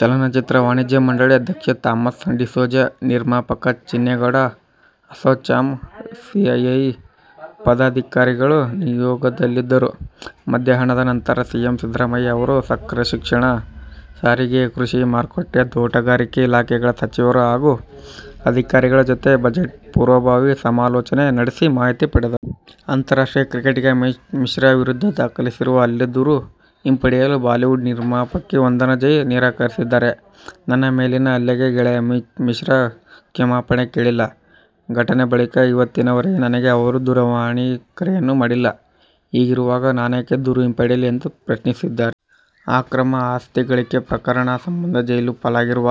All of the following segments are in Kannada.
ಚಲನಚಿತ್ರ ವಾಣಿಜ್ಯ ಮಂಡಳಿ ಅಧ್ಯಕ್ಷ ಥಾಮಸ್ ಡಿಸೋಜ, ನಿರ್ಮಾಪಕ ಚಿನ್ನೇಗೌಡ, ಅಸೋಚಾಮ್, ಸಿಐಐ ಪದಾಧಿಕಾರಿಗಳು ನಿಯೋಗದಲ್ಲಿದ್ದರು. ಮಧ್ಯಾಹ್ನದ ನಂತರ ಸಿಎಂ ಸಿದ್ದರಾಮಯ್ಯ ಅವರು ಸಕ್ಕರೆ, ಶಿಕ್ಷಣ, ಸಾರಿಗೆ, ಕೃಷಿ ಮಾರುಕಟ್ಟೆ, ತೋಟಗಾರಿಕೆ ಇಲಾಖೆಗಳ ಸಚಿವರು ಹಾಗೂ ಅಧಿಕಾರಿಗಳ ಜತೆ ಬಜೆಟ್ ಪೂರ್ವಭಾವಿ ಸಮಾಲೋಚನೆ ನಡೆಸಿ ಮಾಹಿತಿ ಪಡೆದರು. ಅಂತಾರಾಷ್ಟ್ರೀಯ ಕ್ರಿಕೆಟಿಗ ಅಮಿತ್ ಮಿಶ್ರಾ ವಿರುದ್ಧ ದಾಖಲಿಸಿರುವ ಹಲ್ಲೆ ದೂರು ಹಿಂಪಡೆಯಲು ಬಾಲಿವುಡ್ ನಿರ್ಮಾಪಕಿ ವಂದನಾ ಜೈನ್ ನಿರಾಕರಿಸಿದ್ದಾರೆ. ನನ್ನ ಮೇಲಿನ ಹಲ್ಲೆಗೆ ಗೆಳೆಯ ಅಮಿತ್ ಮಿಶ್ರಾ ಕ್ಷಮಾಪಣೆ ಕೇಳಿಲ್ಲ. ಘಟನೆ ಬಳಿಕ ಇವತ್ತಿನವರೆಗೆ ನನಗೆ ಅವರು ದೂರವಾಣಿ ಕರೆಯನ್ನೂ ಮಾಡಿಲ್ಲ. ಹೀಗಿರುವಾಗ ನಾನೇಕೆ ದೂರು ಹಿಂಪಡಿಯಲಿ ಎಂದು ಪ್ರಶ್ನಿಸಿದ್ದಾರೆ. ಆಕ್ರಮ ಆಸ್ತಿ ಗಳಿಕೆ ಪ್ರಕರಣ ಸಂಬಂಧ ಜೈಲುಪಾಲಾಗಿರುವ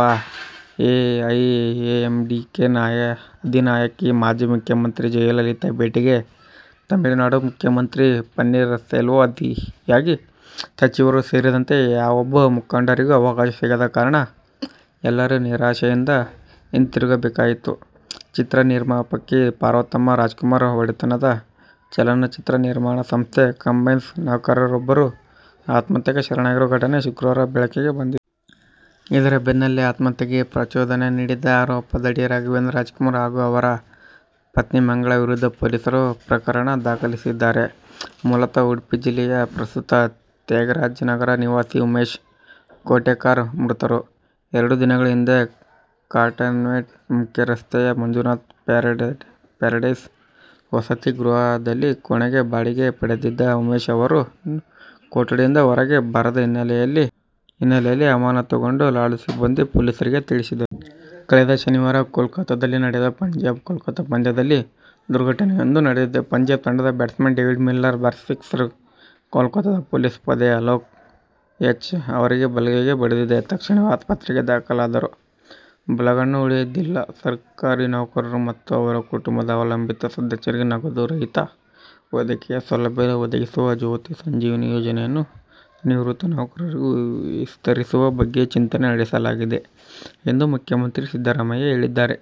ಎಐಎಎಂಡಿಕೆ ಅಧಿನಾಯಕಿ, ಮಾಜಿ ಮುಖ್ಯಮಂತ್ರಿ ಜಯಲಲಿತಾ ಭೇಟಿಗೆ ತಮಿಳುನಾಡು ಮುಖ್ಯಮಂತ್ರಿ ಪನ್ನೀರ್ ಸೆಲ್ವಂ ಆದಿಯಾಗಿ ಸಚಿವರು ಸೇರಿದಂತೆ ಯಾವೊಬ್ಬ ಮುಖಂಡರಿಗೂ ಅವಕಾಶ ಸಿಗದ ಕಾರಣ ಎಲ್ಲರೂ ನಿರಾಶೆಯಿಂದ ಹಿಂತಿರುಗಬೇಕಾಯಿತು. ಚಿತ್ರ ನಿರ್ಮಾಪಕಿ ಪಾರ್ವತಮ್ಮ ರಾಜ್ಕುಮಾರ್ ಒಡೆತನದ ಚಲನಚಿತ್ರ ನಿರ್ಮಾಣ ಸಂಸ್ಥೆ ಕಂಬೈನ್ಸ್ನ ನೌಕರರೊಬ್ಬರು ಆತ್ಮಹತ್ಯೆಗೆ ಶರಣಾಗಿರುವ ಘಟನೆ ಶುಕ್ರವಾರ ಬೆಳಕಿಗೆ ಬಂದಿದೆ. ಇದರ ಬೆನ್ನಲ್ಲೇ ಆತ್ಮಹತ್ಯೆಗೆ ಪ್ರಚೋದನೆ ನೀಡಿದ ಆರೋಪದಡಿ ರಾಘವೇಂದ್ರ ರಾಜ್ಕುಮಾರ್ ಹಾಗೂ ಅವರ ಪತ್ನಿ ಮಂಗಳಾ ವಿರುದ್ಧ ಪೊಲೀಸರು ಪ್ರಕರಣ ದಾಖಲಿಸಿದ್ದಾರೆ. ಮೂಲತಃ ಉಡುಪಿ ಜಿಲ್ಲೆಯ, ಪ್ರಸ್ತುತ ತ್ಯಾಗರಾಜನಗರ ನಿವಾಸಿ ಉಮೇಶ್ ಕೋಟೆಕಾರ್ ಮೃತರು. ಎರಡು ದಿನಗಳ ಹಿಂದೆ ಕಾಟನ್ಪೇಟೆ ಮುಖ್ಯರಸ್ತೆಯ ಮಂಜುನಾಥ್ ಪ್ಯಾರಡೈಸ್ ವಸತಿ ಗೃಹದಲ್ಲಿ ಕೋಣೆ ಬಾಡಿಗೆ ಪಡೆದಿದ್ದ ಉಮೇಶ್ ಅವರು, ಕೊಠಡಿಯಿಂದ ಹೊರಗೆ ಬಾರದ ಹಿನ್ನೆಲೆಯಲ್ಲಿ ಅನುಮಾನಗೊಂಡು ಲಾಡ್ಜ್ ಸಿಬ್ಬಂದಿ ಪೊಲೀಸರಿಗೆ ತಿಳಿಸಿದ್ದರು. ಕಳೆದ ಶನಿವಾರ ಕೋಲ್ಕತಾದಲ್ಲಿ ನಡೆದ ಪಂಜಾಬ್-ಕೋಲ್ಕತಾ ಪಂದ್ಯದಲ್ಲಿ ದುರ್ಘಟನೆಯೊಂದು ನಡೆದಿದೆ. ಪಂಜಾಬ್ ತಂಡದ ಬ್ಯಾಟ್ಸ್ಮನ್ ಡೇವಿಡ್ ಮಿಲ್ಲರ್ ಬಾರಿಸಿದ ಸಿಕ್ಸರ್ ಕೋಲ್ಕತಾದ ಪೊಲೀಸ್ ಪೇದೆ ಅಲೋಕ್ ಐಚ್ ಅವರ ಬಲಗಣ್ಣಿಗೆ ಬಡಿದಿದೆ. ತಕ್ಷಣವೇ ಆಸ್ಪತ್ರೆಗೆ ದಾಖಲಾದರೂ ಬಲಗಣ್ಣು ಉಳಿದಿಲ್ಲ. ಸರ್ಕಾರಿ ನೌಕರರು ಮತ್ತು ಅವರ ಕುಟುಂಬದ ಅವಲಂಬಿತ ಸದಸ್ಯರಿಗೆ ನಗದು ರಹಿತ ವೈದ್ಯಕೀಯ ಸೌಲಭ್ಯ ಒದಗಿಸುವ "ಜ್ಯೋತಿ ಸಂಜೀವಿನಿ ಯೋಜನೆಯನ್ನು ನಿವೃತ್ತ ನೌಕರರಿಗೂ ವಿಸ್ತರಿಸುವ ಬಗ್ಗೆ ಚಿಂತನೆ ನಡೆಸಲಾಗಿದೆ ಎಂದು ಮುಖ್ಯಮಂತ್ರಿ ಸಿದ್ದರಾಮಯ್ಯ ಹೇಳಿದ್ದಾರೆ.